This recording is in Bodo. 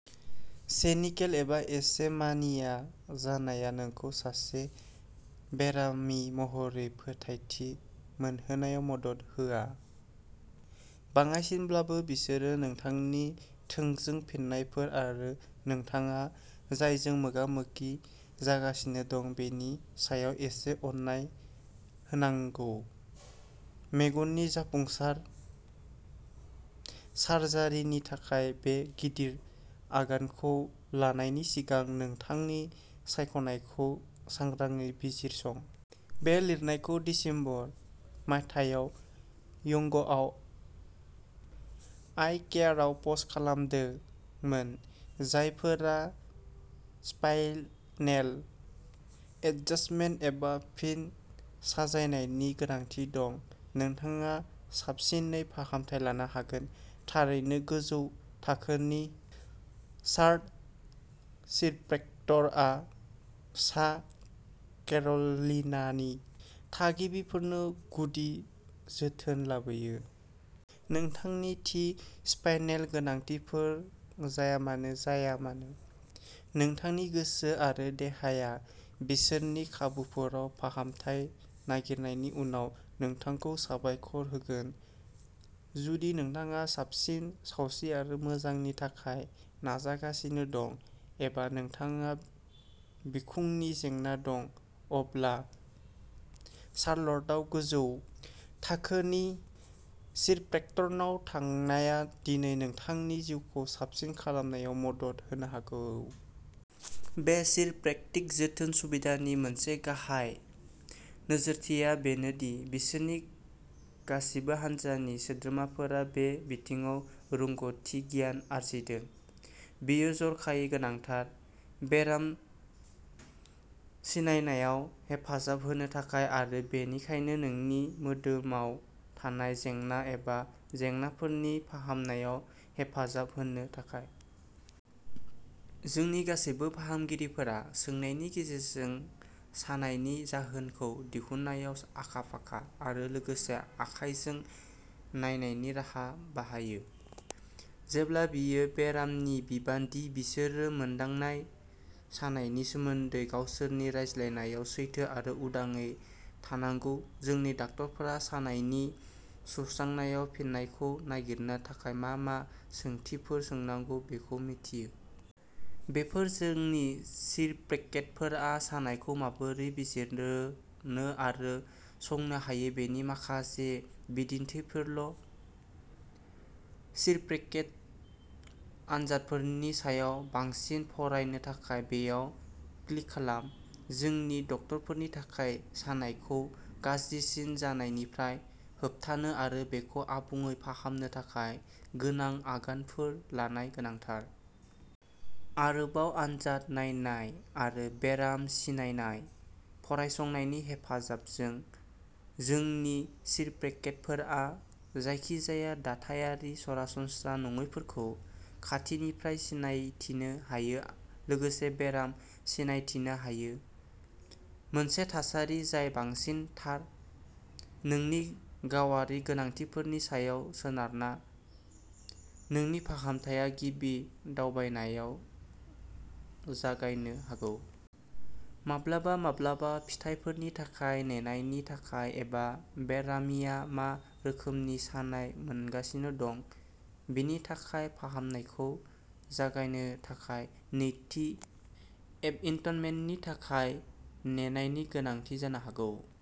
सिनिकेल एबा एसे मानिया जानाया नोंखौ सासे बेरामि महरै फोथायथि मोनहोनायाव मदद होआ। बाङाइसिनब्लाबो, बिसोर नोंथांनो थोंजों फिन्नायफोर आरो नोंथाङा जायजों मोगा-मोगि जागासिनो दं बेनि सायाव एसे अननाय होनांगौ। मेगननि जाफुंसार सार्जारिनि थाखाय बे गिदिर आगानखौ लानायनि सिगां नोंथांनि सायख'नायखौ सांग्राङै बिजिरसं। बे लिरनायखौ दिसेम्बर, मायथाइयाव यंगआ आइ केयारआव पस्ट खालामदोंमोन। जायफोरा स्पाइनेल एडजस्टमेन्ट एबा फिन साजायनायनि गोनांथि दं, नोंथाङा साबसिनै फाहामथाय लानो हायो। थारैनो, गोजौ थाखोनि शार्लट चिरप्रेक्टरआ सा केर'लिनानि थागिरिफोरनो गुदि जोथोन लाबोयो। नोंथांनि थि स्पाइनेल गोनांथिफोर जायामानो जाया मानो, नोंथांनि गोसो आरो देहाया बिसोरनि खाबुफोराव फाहामथाय नागिरनायनि उनाव नोंथांखौ साबायखर होगोन। जुदि नोंथाङा साबसिन सावस्रि आरो मोजांनि थाखाय नाजागासिनो दं एबा नोंथांहा बिखुंनि जेंना दं, अब्ला शार्लटआव गोजौ थाखोनि चिरप्रेक्टरनाव थांनाया दिनै नोंथांनि जिउखौ साबसिन खालामनायाव मदद होनो हागौ। बे चिरप्रेक्टिक जोथोन सुबिदानि मोनसे गाहाय नोजोरथिआ बेनो दि बिसोरनि गासिबो हानजानि सोद्रोमाफोरा बे बिथिङाव रोंग'थि गियान आरजिदों। बेयो जर'खायै गोनांथार। बेराम सिनायनायाव हेफाजाब होनो थाखाय आरो बेनिखायनो नोंनि मोदोमाव थानाय जेंना एबा जेंनाफोरनि फाहामनायाव हेफाजाब होनो थाखाय। जोंनि गासैबो फाहामगिरिफोरा सोंनायनि गेजेरजों सानायनि जाहोनखौ दिहुननायाव आखा-फाखा आरो लोगोसे आखायजों नायनायनि राहा बाहायो। जेब्ला बेयो बेरामिनि बिबान दि बिसोरो मोनदांनाय सानायनि सोमोन्दै गावसोरनि रायज्लायनायाव सैथो आरो उदाङै थानांगौ, जोंनि डाक्टारफोरा सानायनि सुस्रांनायाव फिननायखौ नागिरनो थाखाय मा-मा सोंथिफोर सोंनांगौ बेखौ मिन्थियो। बेफोरो जोंनि चिरप्रेक्टरफोरा सानायखौ माबोरै बिजिरनो आरो संनो हायो बेनि माखासे बिदिन्थिफोरल'। चिरप्रेक्टिक आनजादफोरनि सायाव बांसिन फरायनो थाखाय बेयाव क्लिक खालाम। जोंनि डक्टरफोरनि थाखाय सानायखौ गाज्रिसिन जानायनिफ्राय होबथानो आरो बेखौ आबुङै फाहामनो थाखाय गोनां आगानफोर लानाय गोनांथार। आरोबाव आनजाद नायनाय आरो बेराम सिनायनाय फरायसंनायनि हेफाजाबजों, जोंनि चिरप्रेक्टरफोरा जायखिजाया दाथायारि सरासनस्रा नङैफोरखौ खाथिनिफ्राय सिनायथिनो हायो लोगोसे बेराम सिनायथिनो हायो। मोनसे थासारि जाय बांसिन थार। नोंनि गावारि गोनांथिफोरनि सायाव सोनारना, नोंनि फाहामथाया गिबि दावबायनायाव जागायनो हागौ। माब्लाबा माब्लाबा फिथायफोरनि थाखाय नेनायनि थाखाय एबा बेरामिया मा रोखोमनि सानाय मोनगासिनो दं बिनि थाखाय फाहामनायखौ जागायनो थाखाय नैथि एपइन्टमेन्टनि थाखाय नेनायनि गोनांथि जानो हागौ।